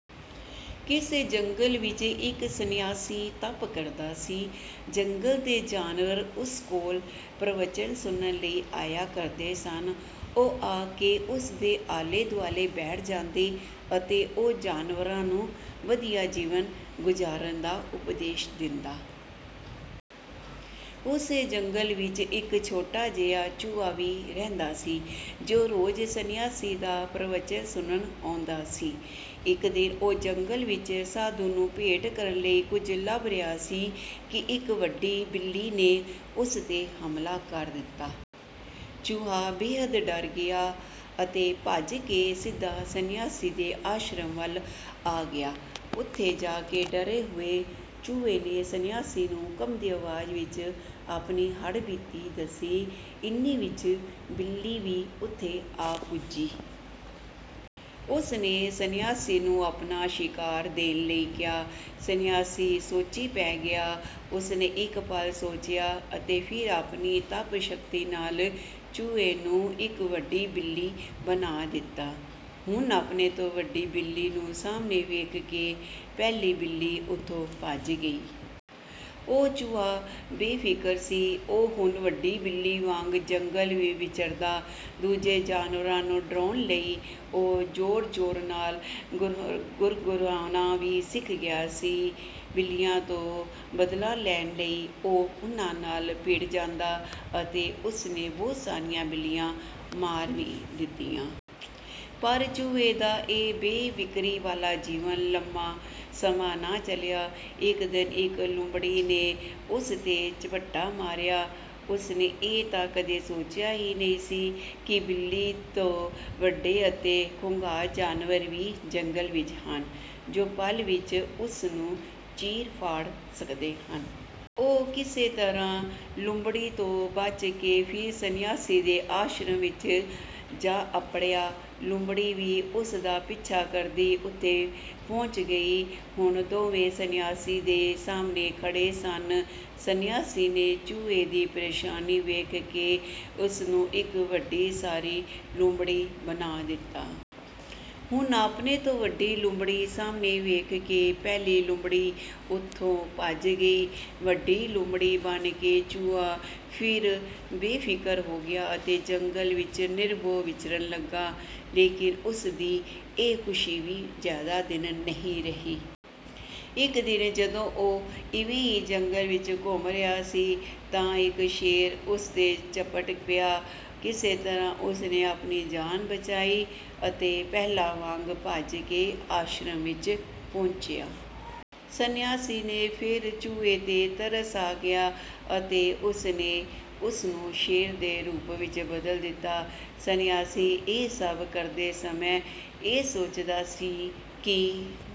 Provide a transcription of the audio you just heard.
ਕਿਸੇ ਜੰਗਲ ਵਿੱਚ ਇੱਕ ਸੰਨਿਆਸੀ ਤਪ ਕਰਦਾ ਸੀ। ਜੰਗਲ ਦੇ ਜਾਨਵਰ ਉਸ ਕੋਲ ਪ੍ਰਵਚਨ ਸੁਣਨ ਲਈ ਆਇਆ ਕਰਦੇ ਸਨ। ਉਹ ਆ ਕੇ ਉਸ ਦੇ ਆਲੇ-ਦੁਆਲੇ ਬੈਠ ਜਾਂਦੇ ਅਤੇ ਉਹ ਜਾਨਵਰਾਂ ਨੂੰ ਵਧੀਆ ਜੀਵਨ ਗੁਜ਼ਾਰਨ ਦਾ ਉਪਦੇਸ਼ ਦਿੰਦਾ। ਉਸੇ ਜੰਗਲ ਵਿੱਚ ਇੱਕ ਛੋਟਾ ਜਿਹਾ ਚੂਹਾ ਵੀ ਰਹਿੰਦਾ ਸੀ, ਜੋ ਰੋਜ਼ ਸੰਨਿਆਸੀ ਦਾ ਪ੍ਰਵਚਨ ਸੁਣਨ ਆਉਂਦਾ ਸੀ। ਇੱਕ ਦਿਨ ਉਹ ਜੰਗਲ ਵਿੱਚ ਸਾਧੂ ਨੂੰ ਭੇਂਟ ਕਰਨ ਲਈ ਕੁਝ ਲੱਭ ਰਿਹਾ ਸੀ ਕਿ ਇੱਕ ਵੱਡੀ ਬਿੱਲੀ ਨੇ ਉਸ 'ਤੇ ਹਮਲਾ ਕਰ ਦਿੱਤਾ। ਚੂਹਾ ਬੇਹੱਦ ਡਰ ਗਿਆ ਅਤੇ ਭੱਜ ਕੇ ਸਿੱਧਾ ਸੰਨਿਆਸੀ ਦੇ ਆਸ਼ਰਮ ਵੱਲ ਆ ਗਿਆ। ਉੱਥੇ ਜਾ ਕੇ ਡਰੇ ਹੋਏ ਚੂਹੇ ਨੇ ਸੰਨਿਆਸੀ ਨੂੰ ਕੰਬਦੀ ਆਵਾਜ਼ ਵਿੱਚ ਆਪਣੀ ਹੱਡ-ਬੀਤੀ ਦੱਸੀ। ਇੰਨੇ ਵਿੱਚ ਬਿੱਲੀ ਵੀ ਉੱਥੇ ਆ ਪੁੱਜੀ। ਉਸ ਨੇ ਸੰਨਿਆਸੀ ਨੂੰ ਆਪਣਾ ਸ਼ਿਕਾਰ ਦੇਣ ਲਈ ਕਿਹਾ। ਸੰਨਿਆਸੀ ਸੋਚੀਂ ਪੈ ਗਿਆ। ਉਸ ਨੇ ਇੱਕ ਪਲ ਸੋਚਿਆ ਅਤੇ ਫਿਰ ਆਪਣੀ ਤਪ-ਸ਼ਕਤੀ ਨਾਲ ਚੂਹੇ ਨੂੰ ਇੱਕ ਵੱਡੀ ਬਿੱਲੀ ਬਣਾ ਦਿੱਤਾ। ਹੁਣ ਆਪਣੇ ਤੋਂ ਵੱਡੀ ਬਿੱਲੀ ਨੂੰ ਸਾਹਮਣੇ ਵੇਖ ਕੇ ਪਹਿਲੀ ਬਿੱਲੀ ਉੱਥੋਂ ਭੱਜ ਗਈ। ਹੁਣ ਚੂਹਾ ਬੇਫ਼ਿਕਰ ਸੀ। ਉਹ ਹੁਣ ਵੱਡੀ ਬਿੱਲੀ ਵਾਂਗ ਜੰਗਲ ਵਿੱਚ ਵਿਚਰਦਾ। ਦੂਜੇ ਜਾਨਵਰਾਂ ਨੂੰ ਡਰਾਉਣ ਲਈ ਉਹ ਜ਼ੋਰ-ਜ਼ੋਰ ਨਾਲ ਗੁਰਰਾਉਣਾ ਵੀ ਸਿੱਖ ਗਿਆ ਸੀ। ਬਿੱਲੀਆਂ ਤੋਂ ਬਦਲਾ ਲੈਣ ਲਈ ਉਹ ਉਹਨਾਂ ਨਾਲ ਭਿੜ ਜਾਂਦਾ ਅਤੇ ਉਸ ਨੇ ਬਹੁਤ ਸਾਰੀਆਂ ਬਿੱਲੀਆਂ ਮਾਰ ਵੀ ਦਿੱਤੀਆਂ। ਪਰ ਚੂਹੇ ਦਾ ਇਹ ਬੇਫ਼ਿਕਰੀ ਵਾਲਾ ਜੀਵਨ ਲੰਮਾ ਸਮਾਂ ਨਾ ਚੱਲਿਆ। ਇੱਕ ਦਿਨ ਇੱਕ ਲੂੰਬੜੀ ਨੇ ਉਸ 'ਤੇ ਝਪੱਟਾ ਮਾਰਿਆ। ਉਸ ਨੇ ਇਹ ਤਾਂ ਕਦੇ ਸੋਚਿਆ ਹੀ ਨਹੀਂ ਸੀ ਕਿ ਬਿੱਲੀ ਤੋਂ ਵੱਡੇ ਅਤੇ ਖੁੰਖਾਰ ਜਾਨਵਰ ਵੀ ਜੰਗਲ ਵਿੱਚ ਹਨ, ਜੋ ਪਲ ਵਿੱਚ ਉਸ ਨੂੰ ਚੀਰ-ਫਾੜ ਸਕਦੇ ਹਨ। ਉਹ ਕਿਸੇ ਤਰ੍ਹਾਂ ਲੂੰਬੜੀ ਤੋਂ ਬਚ ਕੇ ਫਿਰ ਸੰਨਿਆਸੀ ਦੇ ਆਸ਼ਰਮ ਵਿੱਚ ਜਾ ਅੱਪੜਿਆ। ਲੂੰਬੜੀ ਵੀ ਉਸ ਦਾ ਪਿੱਛਾ ਕਰਦੀ ਉੱਥੇ ਪਹੁੰਚ ਗਈ। ਹੁਣ ਦੋਵੇਂ ਸੰਨਿਆਸੀ ਦੇ ਸਾਹਮਣੇ ਖੜ੍ਹੇ ਸਨ। ਸੰਨਿਆਸੀ ਨੇ ਚੂਹੇ ਦੀ ਪਰੇਸ਼ਾਨੀ ਵੇਖ ਕੇ ਉਸ ਨੂੰ ਇੱਕ ਵੱਡੀ ਸਾਰੀ ਲੂੰਬੜੀ ਬਣਾ ਦਿੱਤਾ। ਹੁਣ ਆਪਣੇ ਤੋਂ ਵੱਡੀ ਲੂੰਬੜੀ ਸਾਹਮਣੇ ਵੇਖ ਕੇ ਪਹਿਲੀ ਲੂੰਬੜੀ ਉੱਥੋਂ ਭੱਜ ਗਈ। ਵੱਡੀ ਲੂੰਬੜੀ ਬਣ ਕੇ ਚੂਹਾ ਫਿਰ ਬੇਫ਼ਿਕਰ ਹੋ ਗਿਆ ਅਤੇ ਜੰਗਲ ਵਿੱਚ ਨਿਰਭਉ ਵਿਚਰਨ ਲੱਗਾ। ਲੇਕਿਨ ਉਸ ਦੀ ਇਹ ਖ਼ੁਸ਼ੀ ਵੀ ਜ਼ਿਆਦਾ ਦਿਨ ਨਹੀਂ ਰਹੀ। ਇੱਕ ਦਿਨ ਜਦੋਂ ਉਹ ਇਵੇਂ ਹੀ ਜੰਗਲ ਵਿੱਚ ਘੁੰਮ ਰਿਹਾ ਸੀ ਤਾਂ ਇੱਕ ਸ਼ੇਰ ਉਸ 'ਤੇ ਝਪਟ ਪਿਆ। ਕਿਸੇ ਤਰ੍ਹਾਂ ਉਸ ਨੇ ਆਪਣੀ ਜਾਨ ਬਚਾਈ ਅਤੇ ਪਹਿਲਾਂ ਵਾਂਗ ਭੱਜ ਕੇ ਆਸ਼ਰਮ ਵਿੱਚ ਪਹੁੰਚਿਆ। ਸੰਨਿਆਸੀ ਨੂੰ ਫਿਰ ਚੂਹੇ 'ਤੇ ਤਰਸ ਆ ਗਿਆ ਅਤੇ ਉਸ ਨੇ ਉਸ ਨੂੰ ਸ਼ੇਰ ਦੇ ਰੂਪ ਵਿੱਚ ਬਦਲ ਦਿੱਤਾ। ਸੰਨਿਆਸੀ ਇਹ ਸਭ ਕਰਦੇ ਸਮੇਂ ਇਹ ਸੋਚਦਾ ਸੀ ਕਿ